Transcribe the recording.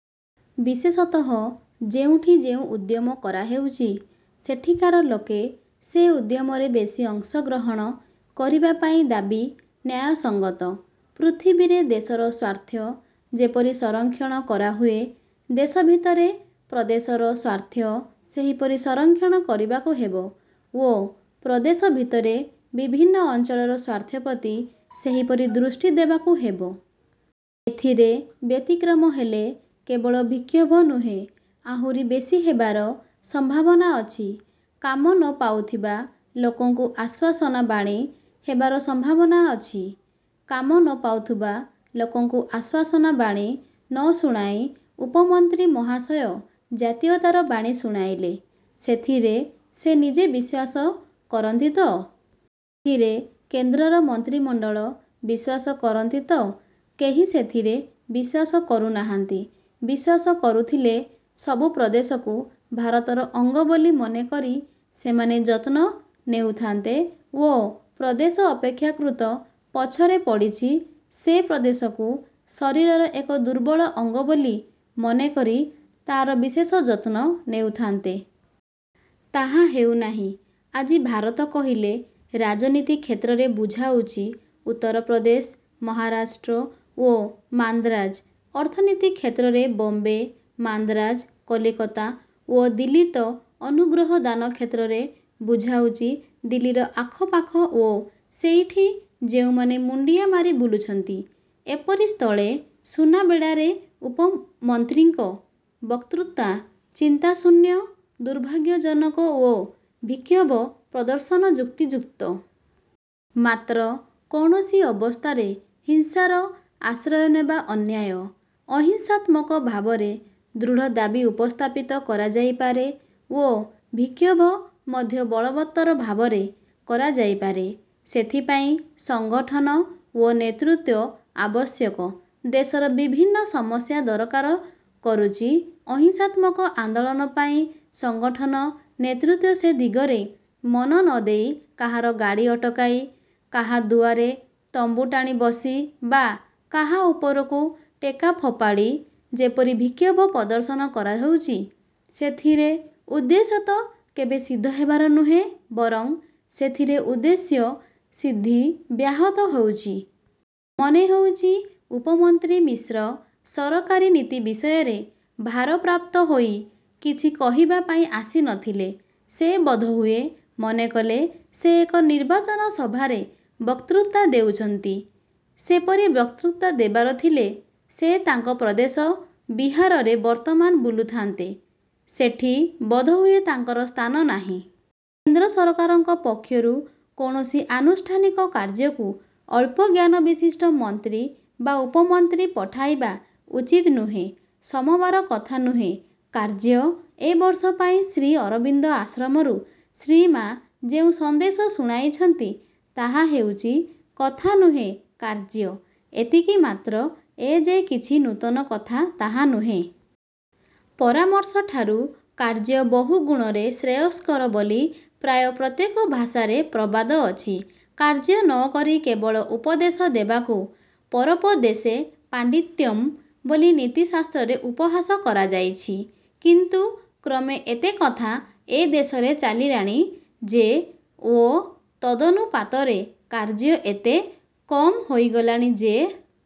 ବିଶେଷତଃ ଯେଉଁଠି ଯେଉଁ ଉଦ୍ୟମ କରା ହେଉଛି ସେଠିକାର ଲୋକେ ସେ ଉଦ୍ୟମରେ ବେଶି ଅଂଶ ଗ୍ରହଣ କରିବାପାଇଁ ଦାବି ନ୍ୟାୟସଙ୍ଗତ। ପୃଥିବୀରେ ଦେଶର ସ୍ୱାର୍ଥ ଯେପରି ସଂରକ୍ଷଣ କରାହୁଏ, ଦେଶ ଭିତରେ ପ୍ରଦେଶର ସ୍ୱାର୍ଥ ସେହିପରି ସଂରକ୍ଷଣ କରିବାକୁ ହେବ ଓ ପ୍ରଦେଶ ଭିତରେ ବିଭିନ୍ନ ଅଞ୍ଚଳର ସ୍ୱାର୍ଥ ପ୍ରତି ସେହିପରି ଦୃଷ୍ଟି ଦେବାକୁ ହେବ। ଏଥିରେ ବ୍ୟତିକ୍ରମ ହେଲେ କେବଳ ବିକ୍ଷୋଭ ନୁହେଁ, ଆହୁରି ବେଶି ହେବାର ସମ୍ଭାବନା ଅଛି। କାମ ନ ପାଉଥିବା ଲୋକଙ୍କୁ ଆଶ୍ୱାସନା ବାଣୀ ହେବାର ସମ୍ଭାବନା ଅଛି। କାମ ନ ପାଉଥିବା ଲୋକଙ୍କୁ ଆଶ୍ୱାସନା ବାଣୀ ନ ଶୁଣାଇ ଉପମନ୍ତ୍ରୀ ମହାଶୟ ଜାତୀୟତାର ବାଣୀ ଶୁଣାଇଲେ, ସେଥିରେ ସେ ନିଜେ ବିଶ୍ୱାସ କରନ୍ତି ତ? ସେଥିରେ କେନ୍ଦ୍ରର ମନ୍ତ୍ରୀମଣ୍ଡଳ ବିଶ୍ୱାସ କରନ୍ତି ତ? କେହି ସେଥିରେ ବିଶ୍ୱାସ କରୁନାହାନ୍ତି। ବିଶ୍ୱାସ କରୁଥିଲେ ସବୁ ପ୍ରଦେଶକୁ ଭାରତର ଅଙ୍ଗ ବୋଲି ମନେ କରି ସେମାନେ ଯତ୍ନ ନେଉଥାନ୍ତେ ଓ ଯେଉଁ ପ୍ରଦେଶ ଅପେକ୍ଷାକୃତ ପଛରେ ପଡ଼ିଛି, ସେ ପ୍ରଦେଶକୁ ଶରୀରର ଏକ ଦୁର୍ବଳ ଅଙ୍ଗ ବୋଲି ମନେକରି ତା'ର ବିଶେଷ ଯତ୍ନ ନେଉଥାନ୍ତେ। ତାହା ହେଉନାହିଁ। ଆଜି ଭାରତ କହିଲେ ରାଜନୀତି କ୍ଷେତ୍ରରେ ବୁଝାଉଛି ଉତ୍ତର ପ୍ରଦେଶ, ମହାରାଷ୍ଟ୍ର ଓ ମାନ୍ଦ୍ରାଜ; ଅର୍ଥନୀତି କ୍ଷେତ୍ରରେ ବମ୍ବେ, ମାନ୍ଦ୍ରାଜ, କଲିକତା ଓ ଦିଲ୍ଲୀ ତ ଅନୁଗ୍ରହଦାନ କ୍ଷେତ୍ରରେ ବୁଝାଉଛି ଦିଲ୍ଲୀର ଆଖପାଖ ଓ ସେଇଠି ଯେଉଁମାନେ ମୁଣ୍ଡିଆ ମାରି ବୁଲୁଛନ୍ତି। ଏପରି ସ୍ଥଳେ ସୁନାବେଡ଼ାରେ ଉପମନ୍ତ୍ରୀଙ୍କ ବକ୍ତୃତା ଚିନ୍ତାଶୂନ୍ୟ, ଦୁର୍ଭାଗ୍ୟଜନକ ଓ ବିକ୍ଷୋଭ ପ୍ରଦର୍ଶନ ଯୁକ୍ତିଯୁକ୍ତ। ମାତ୍ର କୌଣସି ଅବସ୍ଥାରେ ହିଂସାର ଆଶ୍ରୟନେବା ଅନ୍ୟାୟ। ଅହିଂସାତ୍ମକ ଭାବରେ ଦୃଢ଼ ଦାବି ଉପସ୍ଥାପିତ କରାଯାଇପାରେ ଓ ବିକ୍ଷୋଭ ମଧ୍ୟ ବଳବତ୍ତର ଭାବରେ କରା ଯାଇପାରେ-। ସେଥିପାଇଁ ସଙ୍ଗଠନ ଓ ନେତୃତ୍ୱ ଆବଶ୍ୟକ। ଦେଶର ବିଭିନ୍ନ ସମସ୍ୟା ଦରକାର କରୁଛି-। ଅହିଂସାତ୍ମକ ଆନ୍ଦୋଳନ ପାଇଁ ସଙ୍ଗଠନ ନେତୃତ୍ୱ ସେ ଦିଗରେ ମନ ନ ଦେଇ କାହାର ଗାଡ଼ି ଅଟକାଇ, କାହା ଦୁଆରେ ତମ୍ବୁ ଟାଣି ବସି ବା କାହା ଉପରକୁ ଟେକା ଫୋପାଡ଼ି ଯେପରି ବିକ୍ଷୋଭ ପ୍ରଦର୍ଶନ କରାହେଉଛି, ସେଥିରେ ଉଦ୍ଦେଶ୍ୟ ତ କେବେ ସିଦ୍ଧ ହେବାର ନୁହେଁ, ବରଂ ସେଥିରେ ଉଦ୍ଦେଶ୍ୟ ସିଦ୍ଧି ବ୍ୟାହତ ହେଉଛି। ମନେ ହେଉଛି ଉପମନ୍ତ୍ରୀ ମିଶ୍ର ସରକାରୀ ନୀତି ବିଷୟରେ ଭାରପ୍ରାପ୍ତ ହୋଇ କିଛି କହିବାପାଇଁ ଆସି ନଥିଲେ। ସେ ବୋଧହୁଏ ମନେକଲେ, ସେ ଏକ ନିର୍ବାଚନ ସଭାରେ ବକ୍ତୃତା ଦେଉଛନ୍ତି। ସେପରି ବକ୍ତୃତା ଦେବାର ଥିଲେ ସେ ତାଙ୍କ ପ୍ରଦେଶ ବିହାରରେ ବର୍ତ୍ତମାନ ବୁଲୁଥାନ୍ତେ-। ସେଠି ବୋଧହୁଏ ତାଙ୍କର ସ୍ଥାନ ନାହିଁ। କେନ୍ଦ୍ର ସରକାରଙ୍କ ପକ୍ଷରୁ କୌଣସି ଆନୁଷ୍ଠାନିକ କାର୍ଯ୍ୟକୁ ଅଳ୍ପ ଜ୍ଞାନବିଶିଷ୍ଟ ମନ୍ତ୍ରୀ ବା ଉପମନ୍ତ୍ରୀ ପଠାଇବା ଉଚିତ ନୁହେଁ। ସୋମବାର କଥା ନୁହେଁ କାର୍ଯ୍ୟ ଏବର୍ଷ ପାଇଁ ଶ୍ରୀ ଅରବିନ୍ଦ ଆଶ୍ରମରୁ ଶ୍ରୀମା ଯେଉଁ ସନ୍ଦେଶ ଶୁଣାଇଛନ୍ତି ତାହା ହେଉଛି ''କଥା ନୁହେଁ, କାର୍ଯ୍ୟ। '' ଏତିକି ମାତ୍ର, ଏ ଯେ କିଛି ନୂତନ କଥା ତାହା ନୁହେଁ। ପରାମର୍ଶଠାରୁ କାର୍ଯ୍ୟ ବହୁ ଗୁଣରେ ଶ୍ରେୟସ୍କର ବୋଲି ପ୍ରାୟ ପ୍ରତ୍ୟେକ ଭାଷାରେ ପ୍ରବାଦ ଅଛି। କାର୍ଯ୍ୟ ନ କରି କେବଳ ଉପଦେଶ ଦେବାକୁ 'ପରୋପଦେଶେ ପାଣ୍ଡିତ୍ୟଂ' ବୋଲି ନୀତି ଶାସ୍ତ୍ରରେ ଉପହାସ କରାଯାଇଛି; କିନ୍ତୁ କ୍ରମେ ଏତେ କଥା ଏ ଦେଶରେ ଚାଲିଲାଣି ଯେ ଓ ତଦନୁପାତରେ କାର୍ଯ୍ୟ ଏତେ କମ ହୋଇଗଲାଣି ଯେ